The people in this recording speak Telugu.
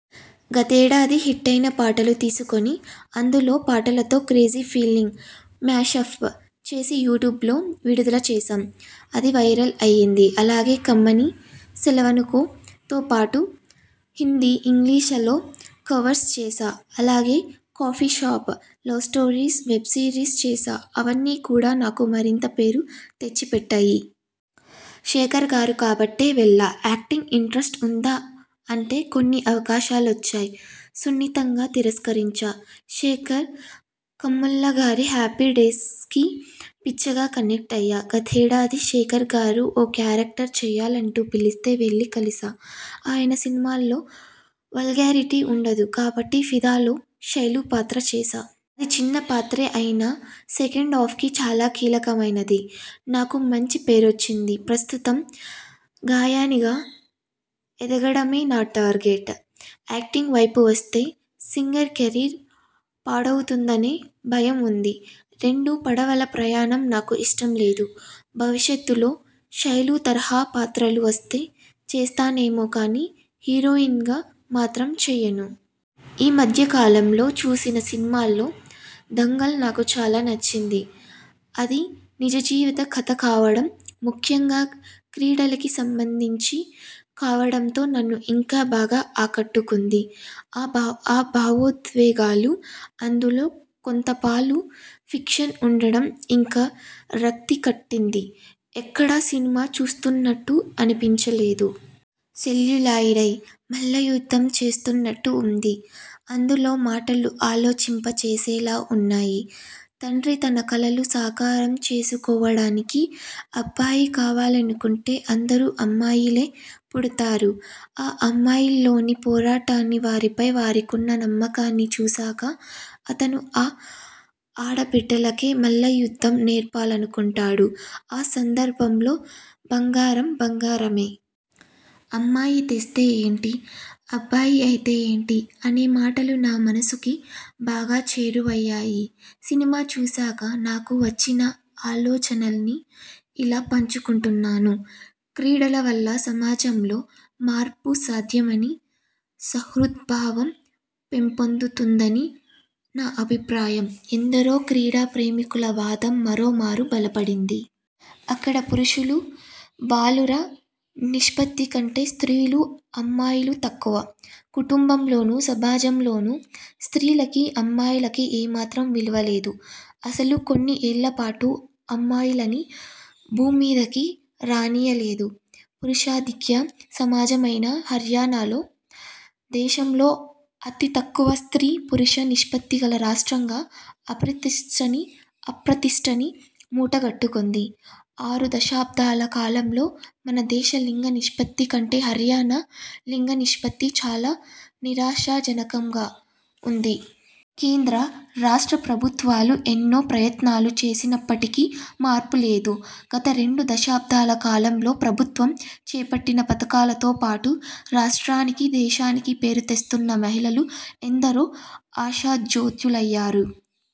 గతేడాది హిట్టైన పాటలు తీసుకుని అందులో పాటలతో 'క్రేజీ ఫీలింగ్' 'మ్యాషప్' చేసి యూ ట్యూబ్లో విడుదల చేశాం. అది వైరల్ అయింది. అలాగే 'కమ్మనీ', 'సెలవనుకో'తోపాటు హిందీ, ఇంగ్లి్షలో కవర్స్ చేశా. అలాగే 'కాఫీషాప్ లవ్స్టోరీస్' వెబ్సిరీస్ చేశా. అవన్నీ కూడా నాకు మరింత పేరు తెచ్చిపెట్టాయి. శేఖర్గారు కాబట్టే వెళ్లా యాక్టింగ్ ఇంట్రెస్ట్ ఉందా అంటే కొన్ని అవకాశాలొచ్చాయి. సున్నితంగా తిరస్కరించా. శేఖర్ కమ్ములగారి 'హ్యాపీడే్స'కి పిచ్చగా కనెక్ట్ అయ్యా. గతేడాది శేఖర్గారు ఓ క్యారెక్టర్ చెయ్యాలంటూ పిలిస్తే వెళ్లి కలిశా. ఆయన సినిమాల్లో వల్గారిటీ ఉండదు కాబట్టి 'ఫిదా'లో శైలూ పాత్ర చేశా. అది చిన్న పాత్రే అయినా సెకెండా్ఫకి చాలా కీలకమైనది. నాకూ మంచి పేరొచ్చింది. ప్రస్తుతం గాయనిగా ఎదగడమే నా టార్గెట్. యాక్టింగ్ వైపు వస్తే సింగింగ్ కెరీర్ పాడవుతుందనే భయం ఉంది. రెండు పడవల ప్రయాణం నాకు ఇష్టం లేదు. భవిష్యత్తులో శైలూ తరహా పాత్రలు వస్తే చేస్తానేమో కానీ హీరోయిన్గా మాత్రం చెయ్యను. ఈ మధ్య కాలంలో చూసిన సినిమాల్లో దంగల్ నాకు చాలా నచ్చింది. అది నిజ జీవిత కథ కావడం. ముఖ్యంగా క్రీడలకి సంబంధించి కావడంతో నన్ను ఇంకా బాగా ఆకట్టుకుంది. ఆ భావోద్వేగాలు, అందులో కొంతపాలు ఫిక్షన్ ఉండడం ఇంకా రక్తి కట్టింది. ఎక్కడా సినిమా చూస్తున్నట్టు అనిపించ లేదు. సెల్యులాయిడ్పై మల్లయుద్ధం చూస్తున్నట్టు ఉంది. అందులో మాటలు ఆలోచింప చేసేలా ఉన్నాయి. తండ్రి తన కలలు సాకారం చేసుకోవడానికి అబ్బాయి కావాలనుకుంటే అందరూ అమ్మాయిలే పుడతారు. ఆ అమ్మాయిల్లోని పోరాటాన్ని, వారిపై వారికున్న నమ్మకాన్ని చూసాకా, అతను ఆ ఆడ బిడ్డలకే మల్లయుద్ధం నేర్పాలనుకుంటాడు. ఆ సందర్భంలో ''బంగారం బంగారమే. అమ్మాయి తెస్తే ఏంటి? అబ్బాయి అయితే ఏంటి? '' అనే మాటలు నా మనసుకి బాగా చేరువయ్యాయి. సినిమా చూసాక నాకు వచ్చిన ఆలోచనల్ని ఇలా పంచుకుంటున్నాను. క్రీడల వల్ల సమాజంలో మార్పు సాధ్యమనీ, సుహృద్భావం పెంపొందుతుందనీ నా అభిప్రాయం, ఎందరో క్రీడా ప్రేమికుల వాదం మరో మారు బలపడింది. అక్కడ పురుషులూ, బాలుర నిష్పత్తికంటే స్త్రీలు అమ్మాయిలు తక్కువ. కుటుంబంలోనూ, సమాజంలోనూ స్త్రీలకీ, అమ్మాయిలకీ ఏమాత్రం విలువలేదు. అసలు కొన్ని ఏళ్లపాటు అమ్మాయిలని భూమ్మీదకి రానీయలేదు పురుషాధిక్య సమాజమైన హర్యానాలో! దేశంలో అతి తక్కువ స్త్రీ పురుష నిష్పత్తిగల రాష్ట్రంగా అప్రతిష్ఠని మూటగట్టుకుంది. ఆరు దశాబ్దాల కాలంలో మన దేశ లింగ నిష్పత్తి కంటే హర్యానా లింగనిష్పత్తి చాలా నిరాశాజనకంగా ఉంది. కేంద్ర, రాష్ట్ర ప్రభుత్వాలు ఎన్నో ప్రయత్నాలు చేసినప్పటికీ మార్పు లేదు. గత రెండు దశాబ్దాల కాలంలో ప్రభుత్వం చేపట్టిన పథకాలతో పాటు; రాష్ట్రానికీ, దేశానికీ పేరుతెస్తున్న మహిళలు ఎందరో ఆశాజ్యోతులయ్యారు.